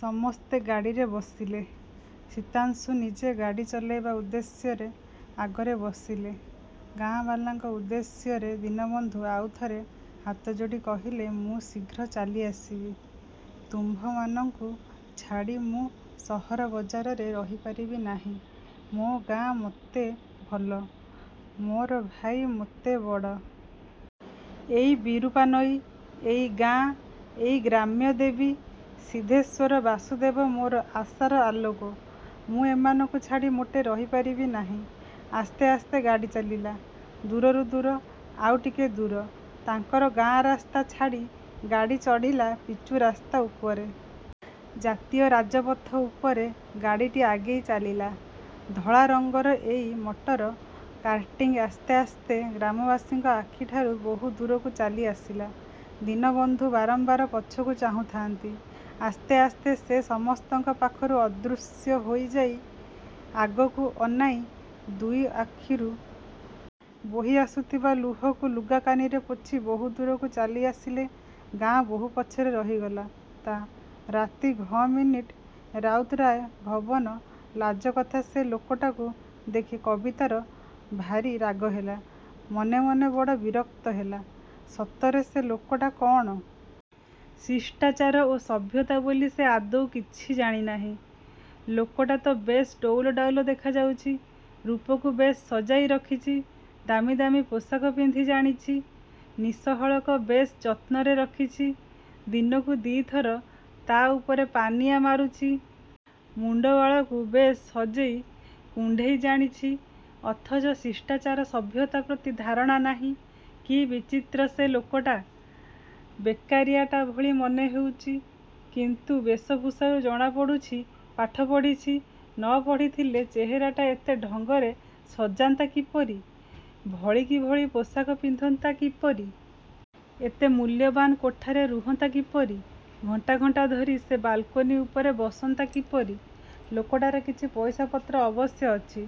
ସମସ୍ତେ ଗାଡ଼ିରେ ବସିଲେ। ଶୀତାଂଶୁ ନିଜେ ଗାଡ଼ି ଚଲାଇବା ଉଦ୍ଦେଶ୍ୟରେ ଆଗରେ ବସିଲେ। ଗାଁବାଲାଙ୍କ ଉଦ୍ଦେଶ୍ୟରେ ଦୀନବନ୍ଧୁ ଆଉଥରେ ହାତ ଯୋଡ଼ି କହିଲେ, ''ମୁଁ ଶୀଘ୍ର ଚାଲି ଆସିବି। ତୁମ୍ଭମାନଙ୍କୁ ଛାଡ଼ି ମୁଁ ସହର ବଜାରରେ ରହିପାରିବି ନାହିଁ। ମୋ ଗାଁ ମୋତେ ଭଲ। ମୋର ଭାଇ ମୋତେ ବଡ଼। ଏଇ ବିରୂପା ନଈ, ଏଇ ଗାଁ, ଏଇ ଗ୍ରାମ୍ୟ ଦେବୀ, ସିଦ୍ଧେଶ୍ୱର ବାସୁଦେବ ମୋର ଆଶାର ଆଲୋକ। ମୁଁ ଏମାନଙ୍କୁ ଛାଡ଼ି ମୋଟେ ରହି ପାରିବି ନାହିଁ। '' ଆସ୍ତେ ଆସ୍ତେ ଗାଡ଼ି ଚାଲିଲା। ଦୂରରୁ ଦୂର, ଆଉ ଟିକେ ଦୂର। ତାଙ୍କର ଗାଁ ରାସ୍ତା ଛାଡ଼ି ଗାଡ଼ି ଚଢ଼ିଲା ପିଚୁ ରାସ୍ତା ଉପରେ। ଜାତୀୟ ରାଜପଥ ଉପରେ ଗାଡ଼ିଟି ଆଗେଇ ଚାଲିଲା। ଧଳା ରଙ୍ଗର ଏଇ ମଟର କାର୍ଟି ଆସ୍ତେ ଆସ୍ତେ ଗ୍ରାମବାସୀଙ୍କ ଆଖିଠାରୁ ବହୁ ଦୂରକୁ ଚାଲିଆସିଲା। ଦୀନବନ୍ଧୁ ବାରମ୍ୱାର ପଛକୁ ଚାହୁଁଥାନ୍ତି। ଆସ୍ତେ ଆସ୍ତେ ସେ ସମସ୍ତଙ୍କ ପାଖରୁ ଅଦୃଶ୍ୟ ହୋଇଯାଇ ଆଗକୁ ଅନାଇ ଦୁଇ ଆଖିରୁ। ବୋହି ଆସୁଥିବା ଲୁହକୁ ଲୁଗାକାନିରେ ପୋଛି ବହୁ ଦୂରକୁ ଚାଲିଆସିଲେ, ଗାଁ ବହୁ ପଛରେ ରହିଗଲା। ତା। ରାତି ଘ ମିନିଟ୍ ରାଉତରାୟ ଭବନ ଲାଜ କଥା ସେ ଲୋକଟାକୁ ଦେଖି କବିତାର ଭାରି ରାଗହେଲା। ମନେ ମନେ ବଡ଼ ବିରକ୍ତ ହେଲା। ସତରେ ସେ ଲୋକଟା କ'ଣ? ଶିଷ୍ଟାଚାର ଓ ସଭ୍ୟତା ବୋଲି ସେ ଆଦୌ କିଛି ଜାଣିନାହିଁ। ଲୋକଟା ତ ବେଶ୍ ଡଉଲ ଡାଉଲ ଦେଖାଯାଉଛି। ରୂପକୁ ବେଶ୍ ସଜାଇ ରଖିଛି। ଦାମି ଦାମି ପୋଷାକ ପିନ୍ଧି ଜାଣିଛି। ନିଶହଳକ ବେଶ୍ ଯତ୍ନରେ ରଖିଛି। ଦିନକୁ ଦି' ଥର ତା' ଉପରେ ପାନିଆ ମାରୁଛି। ମୁଣ୍ଡ ବାଳକୁ ବେଶ୍ ସଜେଇ କୁଣ୍ଡେଇ ଜାଣିଛି। ଅଥଚ ଶିଷ୍ଟାଚାର ସଭ୍ୟତା ପ୍ରତି ଧାରଣା ନାହିଁ। କି ବିଚିତ୍ର ସେ ଲୋକଟା, ବେକାରିଆଟା ଭଳି ମନେ ହେଉଛି। କିନ୍ତୁ ବେଶଭୂଷାରୁ ଜଣାପଡ଼ୁଛି, ପାଠ ପଢ଼ିଛି। ନ ପଢ଼ିଥିଲେ ଚେହେରାଟା ଏତେ ଢଙ୍ଗରେ ସଜାନ୍ତା କିପରି? ଭଳିକି ଭଳି ପୋଷାକ ପିନ୍ଧନ୍ତା କିପରି? ଏତେ ମୂଲ୍ୟବାନ୍ କୋଠାରେ ରୁହନ୍ତା କିପରି? ଘଣ୍ଟା ଘଣ୍ଟା ଧରି ସେ ବାଲକୋନି ଉପରେ ବସନ୍ତା କିପରି? ଲୋକଟାର କିଛି ପଇସାପତ୍ର ଅବଶ୍ୟ ଅଛି।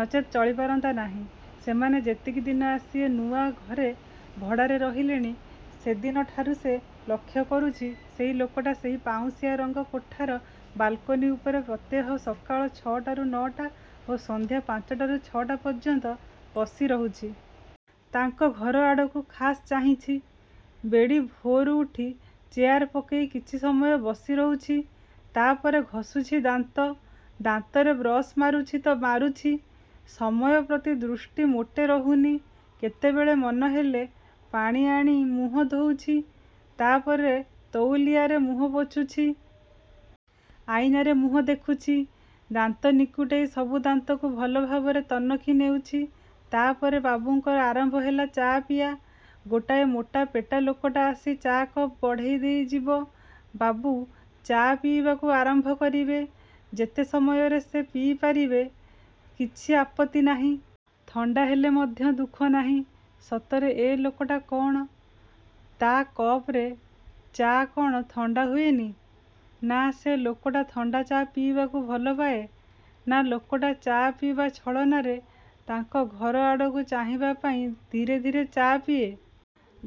ନଚେତ୍ ଚଳିପାରନ୍ତା ନାହିଁ। ସେମାନେ ଯେତିକି ଦିନ ଆସି ଏ ନୂଆ ଘରେ ଭଡ଼ାରେ ରହିଲେଣି, ସେଦିନଠାରୁ ସେ ଲକ୍ଷ୍ୟ କରୁଛି, ସେହି ଲୋକଟା ସେହି ପାଉଁଶିଆ ରଙ୍ଗ କୋଠାର ବାଲକୋନି ଉପରେ ପ୍ରତ୍ୟେହ ସକାଳ ଛଅଟାରୁ ନଅଟା ଓ ସନ୍ଧ୍ୟା ପାଞ୍ଚଟାରୁ ଛଅଟା ପର୍ଯ୍ୟନ୍ତ ବସି ରହୁଛି। ତାଙ୍କ ଘରଆଡ଼କୁ ଖାସ୍ ଚାହିଁଛି। ବଡ଼ିଭୋରୁ ଉଠି ଚେୟାର ପକେଇ କିଛି ସମୟ ବସି ରହୁଛି। ତା'ପରେ ଘଷୁଛି ଦାନ୍ତ। ଦାନ୍ତରେ ବ୍ରସ୍ ମାରୁଛି ତ ମାରୁଛି। ସମୟ ପ୍ରତି ଦୃଷ୍ଟି ମୋଟେ ରହୁନି। କେତେବେଳେ ମନହେଲେ ପାଣିଆଣି ମୁହଁ ଧୋଉଛି। ତା'ପରେ ତଉଲିଆରେ ମୁହଁ ପୋଛୁଛି। ଅଇନାରେ ମୁହଁ ଦେଖୁଛି। ଦାନ୍ତ ନିକୁଟେଇ ସବୁ ଦାନ୍ତକୁ ଭଲଭାବରେ ତନଖି ନେଉଛି। ତା'ପରେ ବାବୁଙ୍କର ଆରମ୍ଭ ହେଲା ଚା' ପିଆ। ଗୋଟାଏ ମୋଟା ପେଟା ଲୋକଟା ଆସି ଚା' କପ୍ ବଢ଼େଇଦେଇ ଯିବ। ବାବୁ ଚା' ପିଇବାକୁ ଆରମ୍ଭ କରିବେ। ଯେତେ ସମୟରେ ସେ ପିଇପାରିବେ କିଛି ଆପତ୍ତି ନାହିଁ। ଥଣ୍ଡା ହେଲେ ମଧ୍ୟ ଦୁଃଖ ନାହିଁ। ସତରେ ଏ ଲୋକଟା କ'ଣ? ତା' କପରେ ଚା' କ'ଣ ଥଣ୍ଡା ହୁଏନି? ନା, ସେ ଲୋକଟା ଥଣ୍ଡା ଚା' ପିଇବାକୁ ଭଲପାଏ, ନା, ଲୋକଟା ଚା' ପିଇବା ଛଳନାରେ ତାଙ୍କ ଘରଆଡ଼କୁ ଚାହିଁବାପାଇଁ ଧୀରେ ଧୀରେ ଚା' ପିଏ।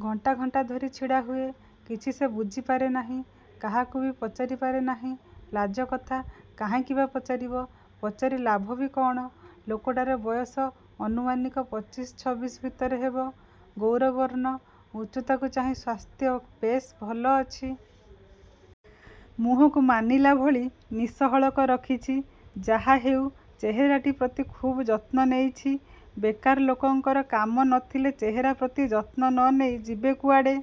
ଘଣ୍ଟା ଘଣ୍ଟା ଧରି ଛିଡ଼ା ହୁଏ। କିଛି ସେ ବୁଝିପାରେ ନାହିଁ। କାହାକୁ ବି ପଚାରି ପାରେ ନାହିଁ, ଲାଜକଥା। କାହିଁକି ବା ପଚାରିବ? ପଚାରି ଲାଭ ବି କ'ଣ? ଲୋକଟାର ବୟସ ଅନୁମାନିକ ପଚିଶ, ଛବିଶ ଭିତରେ ହେବ। ଗୌର ବର୍ଣ୍ଣ, ଉଚ୍ଚତାକୁ ଚାହିଁ ସ୍ୱାସ୍ଥ୍ୟ ବେଶ୍ ଭଲ ଅଛି। ମୁହଁକୁ ମାନିଲା ଭଳି ନିଶ ହଳକ ରଖିଛି। ଯାହା ହେଉ ଚେହେରାଟି ପ୍ରତି ଖୁବ୍ ଯତ୍ନ ନେଇଛି। ବେକାର ଲୋକଙ୍କର କାମ ନ ଥିଲେ ଚେହେରା ପ୍ରତି ଯତ୍ନ ନ ନେଇ ଯିବେ କୁଆଡ଼େ।